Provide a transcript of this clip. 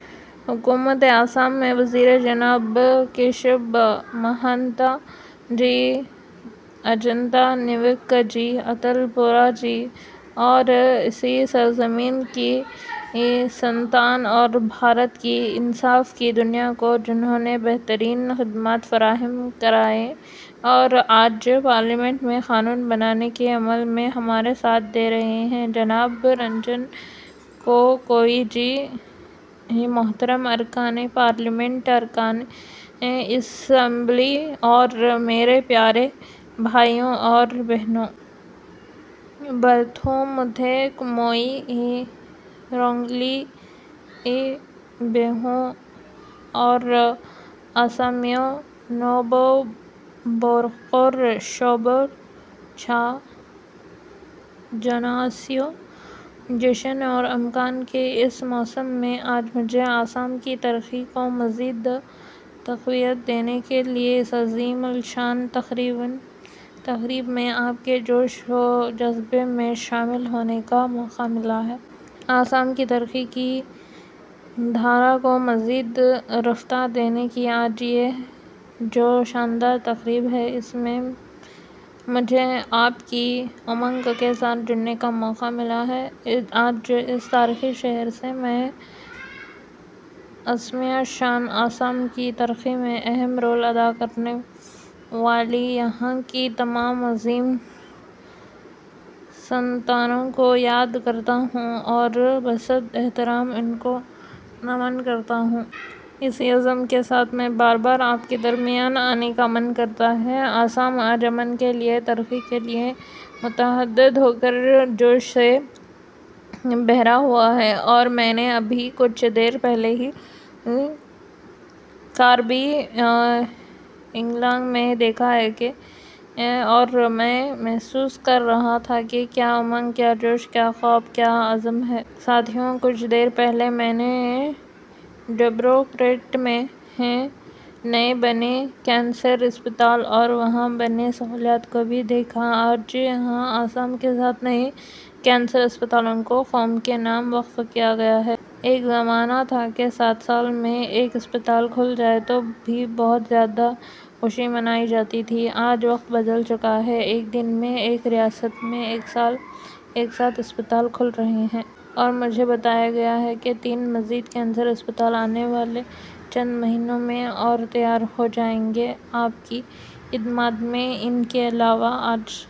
حکومتِ آسام میں وزیر جناب کیشب مہانتا جی، اجنتا نیوگ جی، اتل بورا جی اور اسی سرزمین کی سنتان اور بھارت کی انصاف کی دنیا کو، جنہوں نے بہترین خدمات فراہم کرائیں اور آج پارلیمنٹ میں قانون بنانے کے عمل میں ہمارا ساتھ دے رہے ہیں، جناب رنجن گوگوئی جی، محترم ارکانِ پارلیمنٹ، ارکانِ اسمبلی اور میرے پیارے بھائیو اور بہنو! پرتھوموتے موئی رونگالی بیہو، آرو آسومیا نوبو بورخور شوبھےچھا جونائیسو! جشن اور امنگ کے اس موسم میں آج مجھے آسام کی ترقی کو مزید تقویت دینے کے لیے اس عظیم الشان تقریب میں آپ کے جوش و جذبے میں شامل ہونے کا موقع ملا ہے۔ آسام کی ترقی کی دھارا کو مزید رفتار دینے کی آج یہ جو شاندار تقریب ہے، اس میں مجھے آپ کی امنگ کے ساتھ جڑنے کا موقع ملا ہے۔ آج اس تاریخی شہر سے میں اسمیا شان، آسام کی ترقی میں اہم رول ادا کرنے والی یہاں کی تمام عظیم سنتانوں کو یاد کرتا ہوں اور بصد احترام ان کو نمن کرتا ہوں۔ اسی عزم کے ساتھ میں بار بار آپ کے درمیان آنے کا من کرتا ہے۔ آسام آج امن کے لیے، ترقی کے لیے متحد ہو کر جوش سے بھرا ہوا ہے، اور میں نے ابھی کچھ دیر پہلے ہی کاربی آنگلانگ میں دیکھا ہے اور میں محسوس کر رہا تھا کہ کیا امنگ، کیا جوش، کیا خواب، کیا عزم ہے۔ ساتھیو، کچھ دیر پہلے میں نے ڈبرو گڑھ میں نئے بنے کینسر اسپتال اور وہاں بنی سہولیات کو بھی دیکھا۔ آج یہاں آسام کے سات نئے کینسر اسپتالوں کو قوم کے نام وقف کیا گیا ہے۔ ایک زمانہ تھا کہ سات سال میں ایک اسپتال کھل جائے تو بھی بہت زیادہ خوشی منائی جاتی تھی۔ آج وقت بدل چکا ہے، ایک دن میں ایک ریاست میں سات اسپتال کھل رہے ہیں۔ اور مجھے بتایا گیا ہے کہ تین مزید کینسر اسپتال آنے والے چند مہینوں میں اور تیار ہو جائیں گے آپ کی خدمت میں۔ ان کے علاوہ آج...